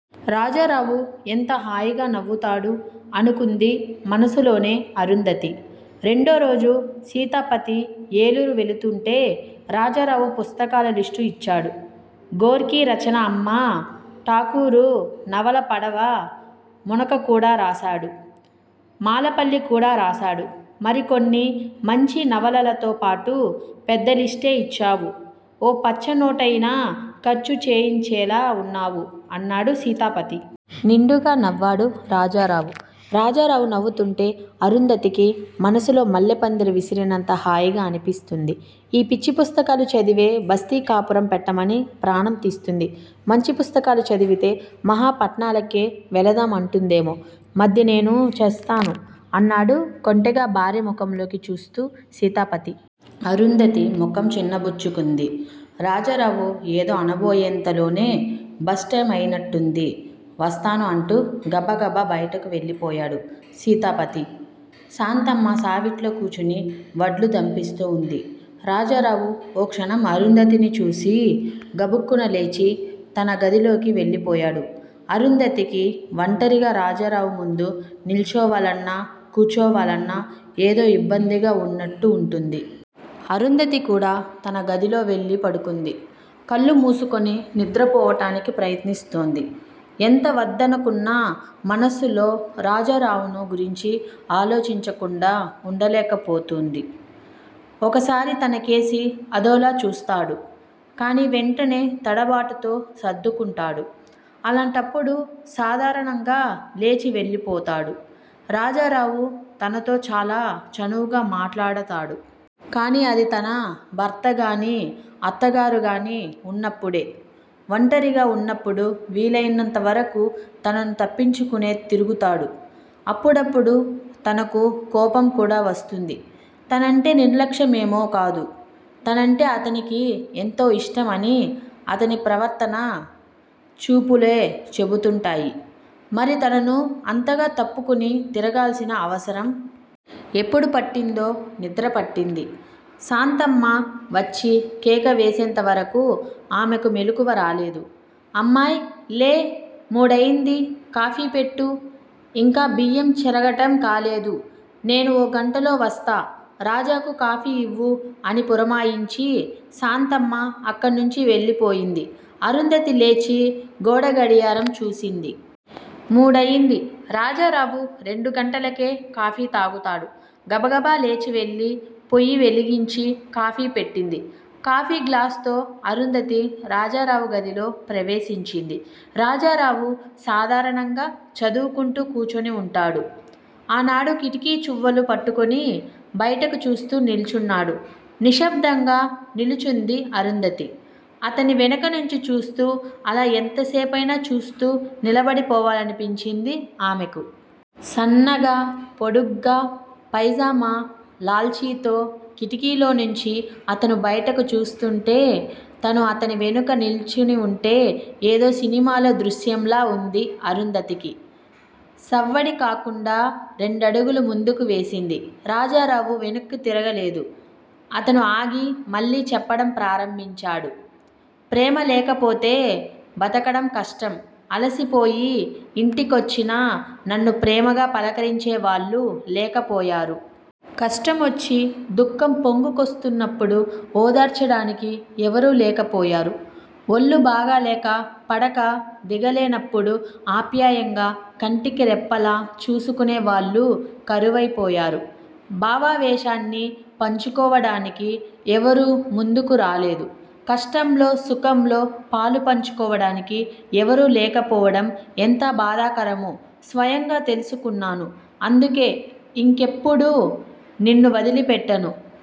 రాజారావు ఎంత హాయిగా నవ్వుతాడు! అనుకుంది మనస్సులోనే అరుంధతి. రెండోరోజు సీతాపతి ఏలూరు వెళుతూంటే రాజారావు పుస్తకాల లిస్టు ఇచ్చాడు. గోర్కి రచన అమ్మ, ఠాకూరు నవల పడవ మునక కూడా రాశాడు. మాలపల్లి కూడా రాశాడు మరికొన్ని మంచినవలలతోపాటు. పెద్ద లిస్టే ఇచ్చావు ఓ పచ్చనోటయినా ఖర్చు చేయించేలా ఉన్నావు అన్నాడు సీతాపతి. నిండుగా నవ్వాడు రాజారావు. రాజారావు నవ్వుతుంటే అరుంధతికి మనస్సులో మల్లెపందిరి విరిసినంత హాయిగా అనిపిస్తుంది. ఈ పిచ్చి పుస్తకాలు చదివే బస్తీ కాపరం పెట్టమని ప్రాణం తీస్తుంది. మంచి పుస్తకాలు చదివితే మహా పట్నాలకే వెళదాం అంటుందేమో! మధ్య నేను చస్తాను అన్నాడు కొంటెగా భార్య ముఖంలోకి చూస్తూ సీతాపతి. అరుంధతి ముఖం చిన్నబుచ్చుకుంది. రాజారావు ఏదో అనబోయేంతలోనే బస్ టైం అయినట్టుంది. వస్తాను అంటూ గబగబా బయటకు వెళ్ళిపోయాడు సీతాపతి. శాంతమ్మ సావిట్లో కూచుని వడ్లు దంపిస్తూ వుంది. రాజారావు ఓ క్షణం అరుంధతిని చూసి గబుక్కున లేచి తన గదిలోకి వెళ్ళిపోయాడు. అరుంధతికి వంటరిగా రాజారావు ముందు నిల్చోవాలన్నా, కూచోవాలన్నా ఏదో ఇబ్బందిగా వున్నట్లు వుంటుంది. అరుంధతి కూడా తన గదిలోకి వెల్లి పడుకుంది. కళ్ళు మూసుకుని నిద్రపోవటానికి ప్రయత్నిస్తూంది. ఎంత వద్దనుకున్నా మనస్సులో రాజారావును గురించి ఆలోచించకుండా వుండలేకపోతూంది. ఒకోసారి తనకేసి అదోలా చూస్తాడు. కాని వెంటనే తడబాటుతో సర్దుకుంటాడు. అలాంటప్పుడు సాధారణంగా లేచి వెళ్ళిపోతాడు. రాజారావు తనతో చాలా చనువుగా మాట్లాడతాడు. కాని అది తన భర్తగానీ, అత్తగారుగాని వున్నప్పుడే. వంటరిగా వున్నప్పుడు వీలయినంతవరకు తనను తప్పించుకొనే తిరుగుతాడు. అప్పుడప్పుడు తనకు కోపంకూడా వస్తుంది. తనంటే నిర్లక్ష్యమేమో కాదు తనంటే అతనికి ఎంతో ఇష్టం అని అతని ప్రవర్తనా, చూపులే చెబుతుంటాయి. మరి తనను అంతగా తప్పుకుని తిరగాల్సిన అవసరం? ఎప్పుడు పట్టిందో నిద్ర పట్టింది. శాంతమ్మ వచ్చి కేక వేసేంతవరకూ ఆమెకు మెలుకువ రాలేదు. అమ్మాయ్, లే! మూడయింది. కాఫీ పెట్టు. ఇంకా బియ్యం చెరగటం కాలేదు. నేను ఓ గంటలో వస్తా. రాజాకు కాఫీ ఇవ్వు అని పురమాయించి శాంతమ్మ అక్కడనుంచి వెళ్ళిపోయింది. అరుంధతి లేచి గోడగడియారం చూసింది. మూడయింది. రాజారావు రెండు గంటలకే కాఫీ తాగుతాడు. గబగబా లేచివెళ్ళి పొయ్యి వెలిగించి కాఫీ పెట్టింది. కాఫీ గ్లాసుతో అరుంధతి రాజారావు గదిలో ప్రవేశించింది. రాజారావు సాధారణంగా చదువుకుంటూ కూచుని వుంటాడు. ఆనాడు కిటికీచువ్వలు పట్టుకొని బయటకు చూస్తూ నిల్చున్నాడు. నిశ్శబ్దంగా నిలుచుంది అరుంధతి. అతన్ని వెనకనుంచి చూస్తూ- అలా యెంతసేపయినా చూస్తూ నిలబడిపోవాలనిపించింది ఆమెకు. సన్నగా పొడుగ్గా, పైజామా-లాల్చీతో కిటికీలోనుంచి అతను బయటకు చూస్తుంటే, తను అతని వెనుక నిల్చునివుంటే-ఏదో సినిమాలో దృశ్యంలా వుంది అరుంధతికి. సవ్వడి కాకుండా రెండడుగులు ముందుకు వేసింది. రాజారావు వెనక్కు తిరగలేదు. అతను ఆగి మళ్ళీ చెప్పడం ప్రారంభించాడు. ప్రేమ లేకపోతే బతకడం కష్టం. అలసిపోయి ఇంటికొచ్చిన నన్ను ప్రేమగా పలకరించేవాళ్ళు లేకపోయారు. కష్టమొచ్చి దుఃఖం పొంగుకొస్తున్నప్పుడు ఓదార్చడానికి ఎవరూ లేకపోయారు. ఒళ్ళు బాగాలేక పడక దిగలేనప్పుడు ఆప్యాయంగా కంటికి రెప్పలా చూసుకునే వాళ్ళు కరువైపోయారు. భావావేశాన్ని పంచుకోవడానికి ఎవరూ ముందుకు రాలేదు. కష్టంలో, సుఖంలో పాలు పంచుకోవడానికి ఎవరూ లేకపోవడం ఎంత బాధాకరమో స్వయంగా తెలుసుకున్నాను. అందుకే ఇంకెప్పుడూ నిన్ను వదిలిపెట్టను.